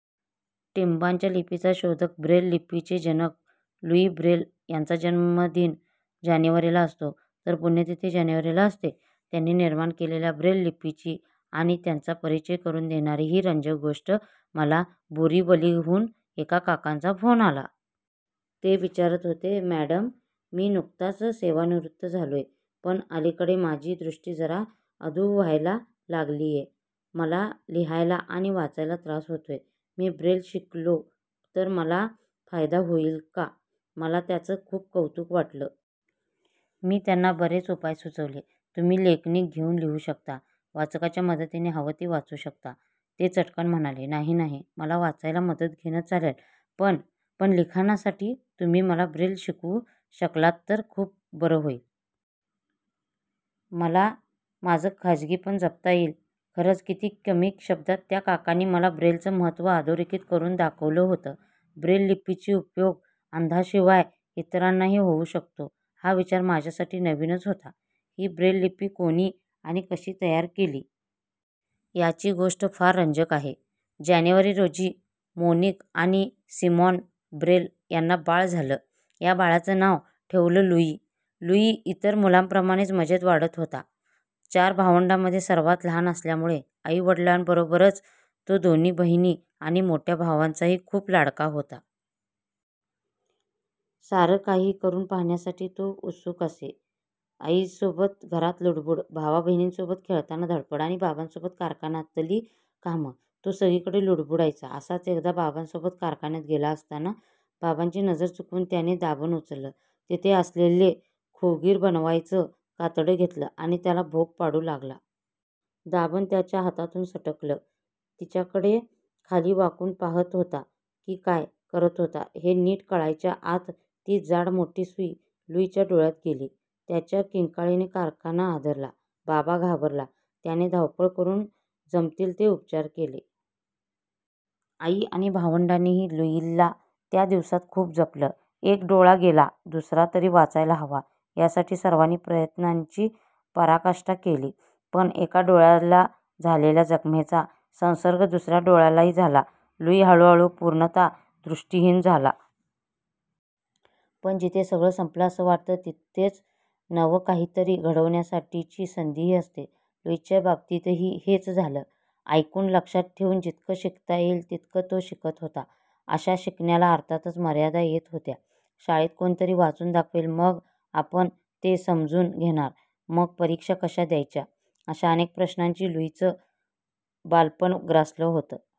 टिंबांच्या लिपीचा शोधक ब्रेल लिपीचे जनक लुई ब्रेल यांचा जन्मदिन जानेवारीला असतो, तर पुण्यतिथी जानेवारीला असते त्यांनी निर्माण केलेल्या ब्रेल लिपीची आणि त्यांचा परिचय करून देणारी ही रंजक गोष्ट- मला बोरिवलीहून एका काकांचा फोन आला. ते विचारत होते, "मॅडम, मी नुकताच सेवानिवृत्त झालोय. पण, अलीकडे माझी दृष्टी जरा अधू व्हायला लागलीये. मला लिहायला आणि वाचायला त्रास होतोय. मी ब्रेल शिकलो तर मला फायदा होईल का? " मला त्यांचं खूप कौतुक वाटलं. मी त्यांना बरेच उपाय सुचवले. तुम्ही लेखनिक घेऊन लिहू शकता, वाचकाच्या मदतीने हवं ते वाचू शकता... ते चटकन म्हणाले, "नाही नाही. मला वाचायला मदत घेणं चालेल पण, पण लिखाणासाठी तुम्ही मला ब्रेल शिकवू शकलात तर खूप बरं होईल. मला माझं खाजगीपण जपता येईल. " खरंच, किती कमी शब्दांत त्या काकांनी मला ब्रेलचं महत्त्व अधोरेखित करून दाखवलंहोतं! ब्रेललिपीचा उपयोग अंधांशिवाय इतरांनाही होऊ शकतो, हा विचार माझ्यासाठी नवीनच होता. ही ब्रेल लिपी कोणी आणि कशी तयार केली? याची गोष्ट फार रंजक आहे. जानेवारी रोजी मोनिक आणि सिमॉन ब्रेल यांना बाळ झालं. या बाळाचं नाव ठेवलं लुई. लुई इतर मुलांप्रमाणेच मजेत वाढत होता. चार भावंडांमध्ये सर्वांत लहान असल्यामुळे आई-वडिलांबरोबरच तो दोन्ही बहिणी आणि मोठ्या भावाचाही खूप लाडका होता. सारं काही करून पाहण्यासाठी तो उत्सुक असे. आईसोबत घरात लुडबूड, भावाबहिणींसोबत खेळताना धडपड आणि बाबासोबत कारखान्यातली कामं. तो सगळीकडे लुडबुडायचा. असाच एकदा बाबासोबत कारखान्यात गेला असताना बाबाची नजर चुकवून त्याने दाभण उचललं. तिथे असलेलं खोगिर बनवण्याचं कातडं घेतलं आणि त्याला भोक पाडू लागला. दाभण त्याच्या हातातून सटकलं. तिच्याकडे खाली वाकून पाहात होता की काय करत होता, हे नीट कळायच्या आत ती जाड, मोठी सुई लुईच्या डोळ्यात गेली. त्याच्या किंकाळीने कारखाना हादरला. बाबा घाबरला. त्याने धावपळ करून जमतील ते उपचार केले. आई आणि भावंडांनीही लुईला त्या दिवसांत खूप जपलं. 'एक डोळा गेला, दुसरा तरी वाचायला हवा' यासाठी सर्वांनी प्रयत्नांची पराकाष्ठा केली. पण, एका डोळ्याला झालेल्या जखमेचा संसर्ग दुसऱ्या डोळ्यालाही झाला. लुई हळूहळू पूर्णतः दृिष्टहीन झाला...... पण, जिथे सगळं संपलं असं वाटतं, तिथेच नवं काहीतरी घडवण्यासाठीची संधीही असते. लुईच्या बाबतीतही हेच झालं. ऐकून, लक्षातठेवून जितकं शिकता येईल तितकं तो शिकत होता. अशा शिकण्याला अर्थातच मर्यादा येत होत्या. शाळेत कोणीतरी वाचून दाखवेल, मग, आपण तेसमजून घेणार, मग, परीक्षा कशा द्यायच्या? अशा अनेक प्रश्नांनी लुईचं बालपण ग्रासलं होतं.